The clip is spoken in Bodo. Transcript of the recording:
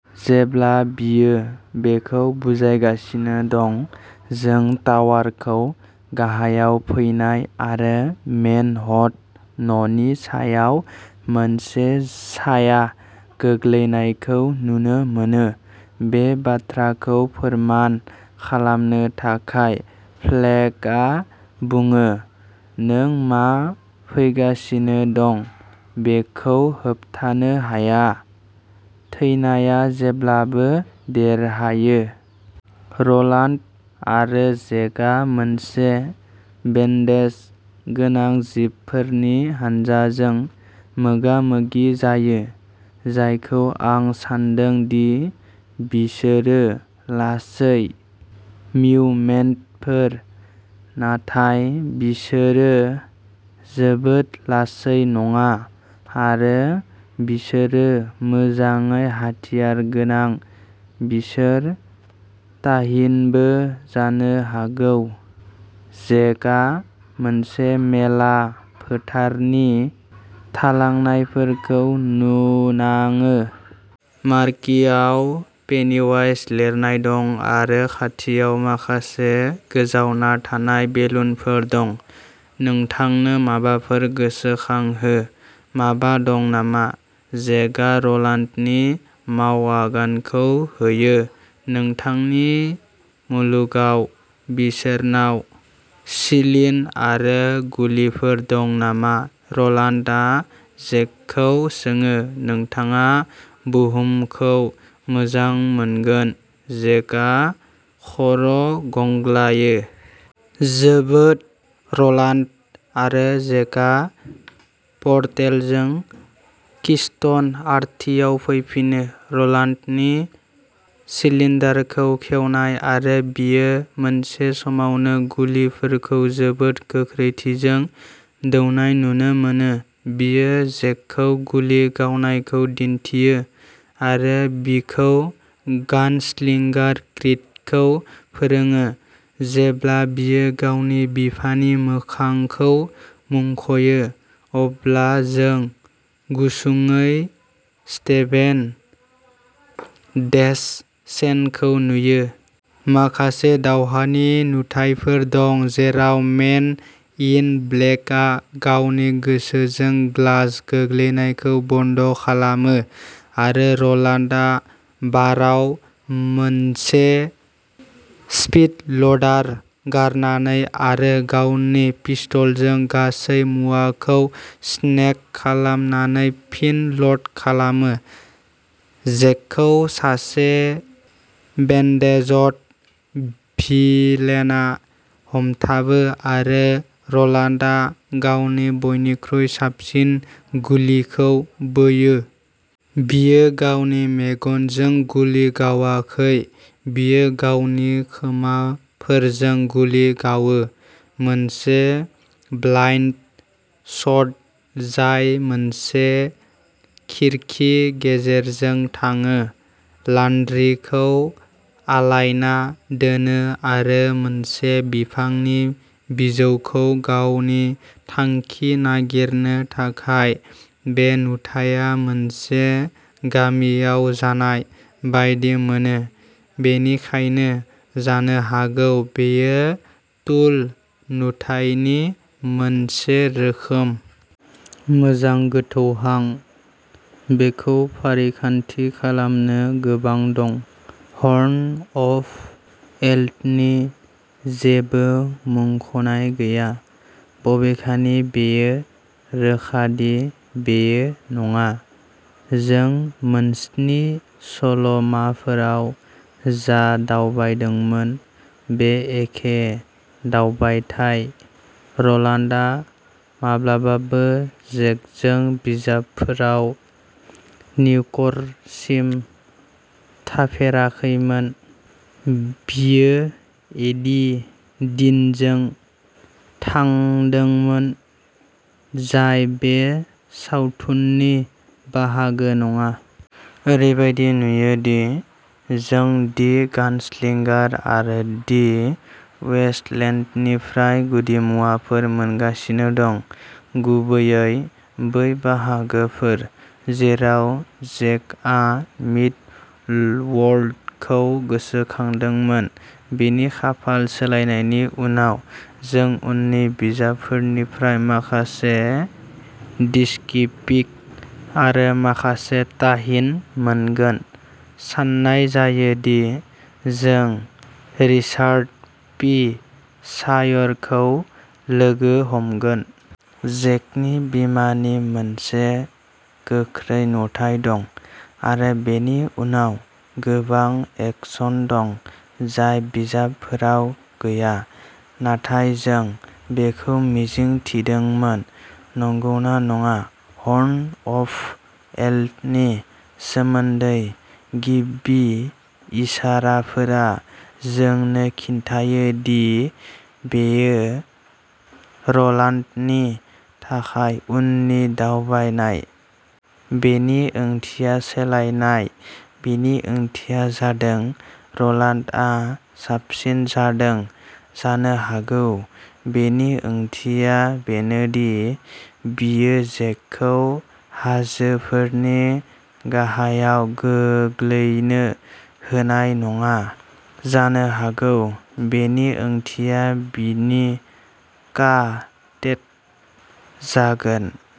जेब्ला बियो बेखौ बुजायगासिनो दं, जों टावारखौ गाहायाव फैनाय आरो मेनहट्टननि सायाव मोनसे साया गोग्लैनायखौ नुनो मोनो। बे बाथ्राखौ फोरमान खालामनो थाखाय, फ्लेगआ बुङो, नों मा फैगासिनो दं बेखौ होबथानो हाया। थैनाया जेब्लाबो देरहायो। र'लान्ड आरो जेकआ मोनसे बेन्डेज गोनां जिबफोरनि हान्जाजों मोगा-मोगि जायो, जायखौ आं सान्दों दि बिसोरो लासै मिउटेन्टफोर, नाथाय बिसोरो जोबोद लासै नङा आरो बिसोरो मोजाङै हाथियारगोनां। बिसोर ताहिनबो जानो हागौ। जेकआ मोनसे मेला फोथारनि थालांनायफोरखौ नुनाङो। मार्कीआव पेनिवाइज लिरनाय दं आरो खाथियाव माखासे गोजावना थानाय बेलुनफोर दं। नोंथांनो माबाफोर गोसोखांहो माबा दं नामा? जेकआ र'लान्डनि मावआगानखौ होयो। नोंथांनि मुलुगाव बिसोरनाव सिलिन आरो गुलिफोर दं नामा? र'लान्डआ जेकखौ सोङो। नोंथाङा बुहुमखौ मोजां मोनगोन जेकआ खर' गंग्लायो। जोबोद, र'लान्ड आरो जेकआ पर्टेलजों किस्ट'न आर्थआव फैफिनो। र'लान्डनि सिलिनडारखौ खेवनाय, आरो बियो मोनसे समावनो गुलिफोरखौ जोबोद गोख्रैथिजों दौनाय नुनो मोनो। बियो जेकखौ गुलि गावनायखौ दिन्थियो, आरो बिखौ गानस्लिंगार क्रीडखौ फोरोङो। जेब्ला बियो गावनि बिफानि मोखांखौ मुंख'यो, अब्ला जों गुसुंयै स्टेभेन डेसचेनखौ नुयो। माखासे दावहानि नुथाइफोर दं जेराव मेन इन ब्लेकआ गावनि गोसोजों ग्लास गोग्लैनायखौ बन्द' खालामो आरो र'लान्डआ बाराव मोनसे स्पीड-ल'डार गारनानै आरो गावनि पिस्तोलजों गासै मुवाखौ स्नेग खालामनानै फिन ल'ड खालामो। जेकखौ सासे बेन्डेजड भिलेनआ हमथाबो आरो र'लान्डआ गावनि बयनिख्रुइ साबसिन गुलिखौ बोयो। बियो गावनि मेगनजों गुलि गावाखै बियो गावनि खोमाफोरजों गुलि गावो, मोनसे ब्लाइन्ड शट जाय मोनसे खिरखि गेजेरजों थाङो, लान्ड्रिखौ आलायना दोनो आरो मोनसे बिफांनि बिजौखौ गावनि थांखि नागिरनो थाखाय। बे नुथाया मोनसे गामियाव जानाय बायदि मोनो, बेनिखायनो जानो हागौ बेयो टुल नुथायनि मोनसे रोखोम। मोजां, गोथौ हां। बेखौ फारिखान्थि खालामनो गोबां दं। हर्न अफ एल्डनि जेबो मुंख'नाय गैया, बबेखानि बेयो रोखा दि बेयो नङा। जों मोनस्नि सल'माफोराव जा दावबायदोंमोन बे एखे दावबायथाय। र'लान्डआ माब्लाबाबो जेकजों बिजाबफोराव निउयर्कसिम थाफेराखैमोन बियो एडि डीनजों थांदोंमोन, जाय बे सावथुननि बाहागो नङा। ओरैबायदि नुयोदि जों दि गानस्लिंगार आरो दि वेस्टलेन्डनिफ्राय गुदिमुवाफोर मोनगासिनो दं, गुबैयै बै बाहागोफोर जेराव जेकआ मिड-वर्ल्डखौ गोसोखांदोंमोन बिनि खाफाल सोलायनायनि उनाव। जों उननि बिजाबफोरनिफ्राय माखासे डिक्सी पिग आरो माखासे ताहिन मोनगोन। सान्नाय जायो दि जों रिचार्ड पि सायरखौ लोगो हमगोन। जेकनि बिमानि मोनसे गोख्रै नुथाइ दं। आरो बेनि उनाव गोबां एक्शन दं जाय बिजाबफोराव गैया। नाथाय जों बेखौ मिजिं थिदोंमोन, नंगौना नङा? हर्न अफ एल्डनि सोमोन्दै गिबि इसाराफोरा जोंनो खिन्थायो दि बेयो र'लान्डनि थाखाय उननि दावबायनाय। बेनि ओंथिया सोलायनाय। बेनि ओंथिया जादों र'लान्डआ साबसिन जादों। जानो हागौ बेनि ओंथिया बेनोदि बियो जेकखौ हाजोफोरनि गाहायाव गोग्लैनो होनाय नङा। जानो हागौ बेनि ओंथिया बिनि का-टेट जागोन।